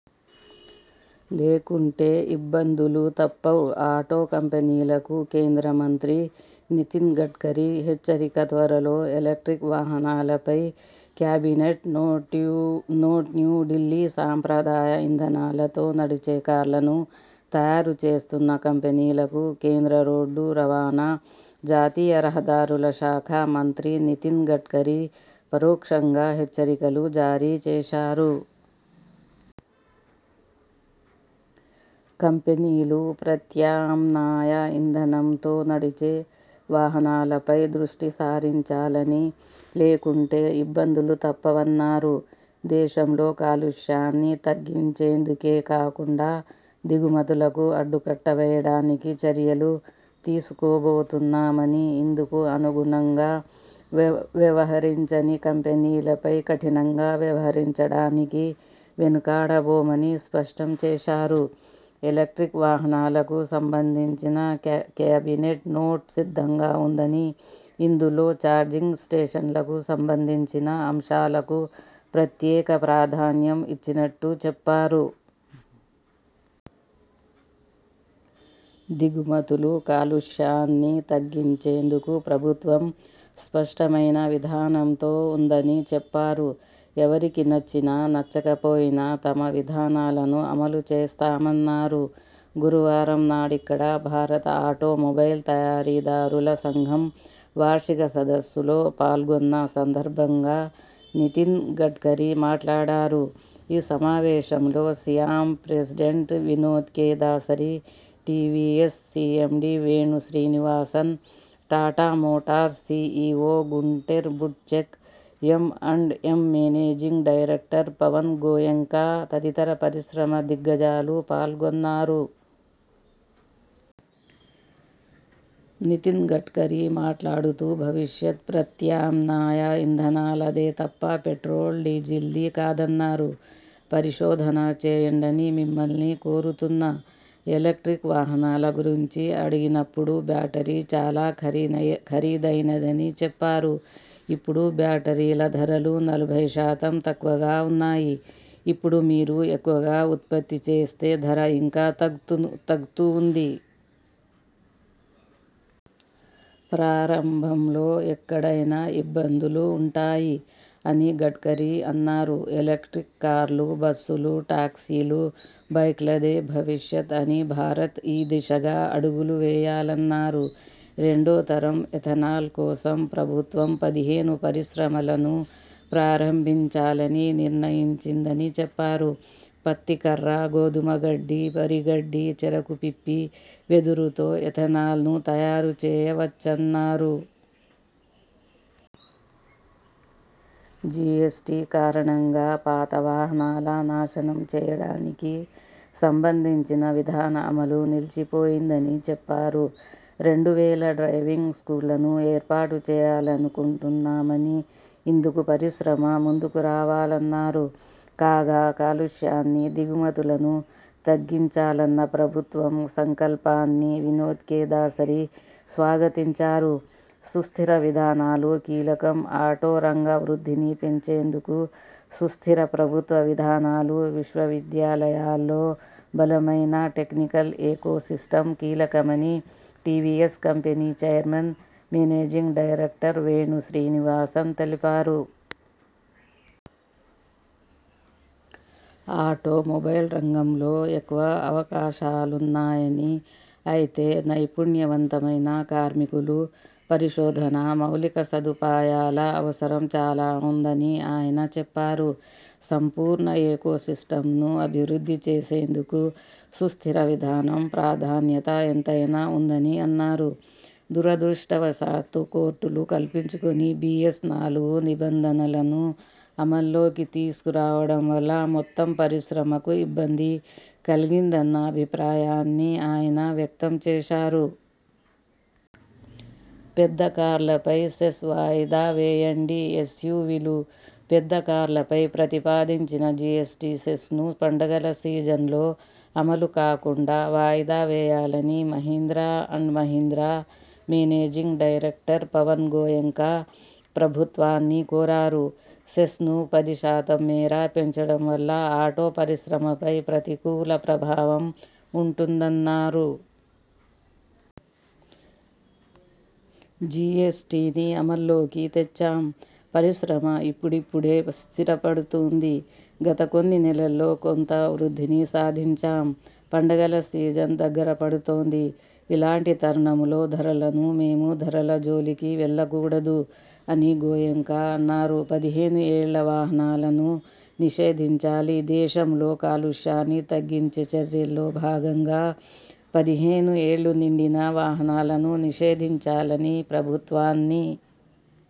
లేకుంటే ఇబ్బందులు తప్పవ్ ఆటో కంపెనీలకు కేంద్ర మంత్రి నితిన్ గడ్కరీ హెచ్చరిక త్వరలో ఎలక్ర్టిక్ వాహనాలపై కేబినెట్ నోట్న్యూఢిల్లీ సాంప్రదాయ ఇంధనాలతో నడిచే కార్లను తయారు చేస్తున్న కంపెనీలకు కేంద్ర రోడ్డు రవాణా, జాతీయ రహదారుల శాఖ మంత్రి నితిన్ గడ్కరీ పరోక్షంగా హెచ్చరికలు జారీ చేశారు. కంపెనీలు ప్రత్యామ్నాయ ఇంధనంతో నడిచే వాహనాలపై దృష్టిసారించాలని, లేకుంటే ఇబ్బందులు తప్పవన్నారు. దేశంలో కాలుష్యాన్ని తగ్గించేందుకేకాకుండా దిగుమతులకు అడ్డుకట్టవేయడానికి చర్యలు తీసుకోబోతున్నామని, ఇందుకు అనుగుణంగా వ్యవహరించని కంపెనీలపై కఠినంగా వ్యవహరించడానికి వెనుకాడబోమని స్పష్టం చేశారు. ఎలక్ర్టిక్ వాహనాలకు సంబంధించిన కేబినెట్ నోట్ సిద్ధంగా ఉందని, ఇందులో చార్జింగ్ స్టేషన్లకు సంబంధించిన అంశాలకు ప్రత్యేక ప్రాధాన్యం ఇచ్చినట్టు చెప్పారు. దిగుమతులు, కాలుష్యాన్ని తగ్గించేందుకు ప్రభుత్వం స్పష్టమైన విధానంతో ఉందని చెప్పారు. ఎవరికి నచ్చినా నచ్చకపోయినా తమ విధానాలను అమలు చేస్తామన్నారు. గురువారంనాడిక్కడ భారత ఆటోమొబైల్ తయారీదారుల సంఘం వార్షిక సదస్సులో పాల్గొన్న సందర్భంగా నితిన్ గడ్కరీ మాట్లాడారు. ఈ సమావేశంలో SIAM president Vinod K Dasari, TVS CMD Venu Srinivasan, Tata motors CEO Gunter Butschek, M and M managing director Pawan Goenka తదితర పరిశ్రమ దిగ్గజాలు పాల్గొన్నారు. నితిన్ గడ్కరీ మాట్లాడుతూ భవిష్యత్ ప్రత్యామ్నాయ ఇంధనాలదేతప్ప పెట్రోల్, డీజిల్ది కాదన్నారు. ''పరిశోధన చేయండని మిమ్మల్ని కోరుతున్నా. ఎలక్ర్టిక్ వాహనాల గురించి అడిగినప్పుడు బ్యాటరీ చాలా ఖరీదైనదని చెప్పారు. ఇప్పుడు బ్యాటరీల ధరలు నలభై శాతం తక్కువగా ఉన్నాయి. ఇప్పుడు మీరు ఎక్కువగా ఉత్పత్తి చేస్తే ధర ఇంకా తగు తగ్తుఉంది. ప్రారంభంలో ఎక్కడైనా ఇబ్బందులు ఉంటాయి'' అని గడ్కరీ అన్నారు. ఎలక్ర్టిక్ కార్లు, బస్సులు, టాక్సీలు, బైక్లదే భవిష్యత్ అని, భారత్ ఈ దిశగా అడుగులువేయాలన్నారు. రెండోతరం ఎథనాల్ కోసం ప్రభుత్వం పదిహేను పరిశ్రమలను ప్రారంభించాలని నిర్ణయించిందని చెప్పారు. పత్తి కర్ర, గోధుమ గడ్డి, వరి గడ్డి, చెరకు పిప్పి, వెదురుతో ఎథనాల్ను తయారు చేయవచ్చన్నారు. జిఎస్టి కారణంగా పాత వాహనాల నాశనం చేయడానికి సంబంధించిన విధాన అమలు నిలిచిపోయిందని చెప్పారు. రెండు వేల డ్రైవింగ్ స్కూళ్లను ఏర్పాటు చేయాలనుకుంటున్నామని, ఇందుకు పరిశ్రమ ముందుకురావాలన్నారు. కాగా కాలుష్యాన్ని, దిగుమతులను తగ్గించాలన్న ప్రభుత్వం సంకల్పాన్ని వినోద్ కె దాసరి స్వాగతించారు. సుస్థిర విధానాలు కీలకంఆటో రంగ వృద్ధిని పెంచేందుకు సుస్థిర ప్రభుత్వ విధానాలు, విశ్వవిద్యాలయాల్లో బలమైన టెక్నికల్ ఏకోసిస్టమ్ కీలకమని TVS company chairman, managing director Venu Srinivasan తెలిపారు. ఆటో మొబైల్ రంగంలో ఎక్కువ అవకాశాలున్నాయని, అయితే నైపుణ్యవంతమైన కార్మికు లు, పరిశోధనా, మౌలికసదుపాయాల అవసరం చాలా ఉంద ని ఆయన చెప్పారు. సంపూర్ణ ఏకోసిస్టమ్ను అభివృద్ధి చేసేందుకు సుస్థిర విధానం ప్రాధాన్యత ఎంతైనా ఉందని అన్నారు. దురదృష్ణవశాత్తు కోర్టులు కల్పించుకుని బిఎస్-నాలుగు నిబంధనలను అమల్లోకి తీసుకురావడం వల్ల మొత్తం పరిశ్రమకు ఇబ్బంది కలిగిందన్న అభిప్రాయాన్ని ఆయన వ్యక్తం చేశారు. పెద్ద కార్లపై సెస్ వాయిదా వేయండిఎస్యువిలు, పెద్ద కార్లపై ప్రతిపాదించిన జిఎ్సటి సెస్ను పండగల సీజన్లో అమలుకాకుండా వాయిదా వేయాలని Mahindra and Mahindra managing director Pawan Goenka ప్రభుత్వాన్ని కోరారు. సెస్ను పది శాతం మేర పెంచడం వల్ల ఆటో పరిశ్రమపై ప్రతికూల ప్రభావం ఉంటుందన్నారు. ''జిఎ్సటిని అమల్లోకి తెచ్చాం. పరిశ్రమ ఇప్పుడిప్పుడే స్థిరపడుతోంది. గత కొన్ని నెలల్లో కొంత వృద్ధిని సాధించాం. పండగల సీజన్ దగ్గర పడుతోంది. ఇలాంటి తరుణంలో ధరలను మేము ధరల జోలికి వెళ్లకూడదు'' అని గోయెంకా అన్నారు. పదిహేను ఏళ్ల వాహనాలను నిషేధించాలిదేశంలో కాలుష్యాన్ని తగ్గించే చర్యల్లో భాగంగా పదిహేను ఏళ్లు నిండిన వాహనాలను నిషేధించాలని ప్రభుత్వాన్ని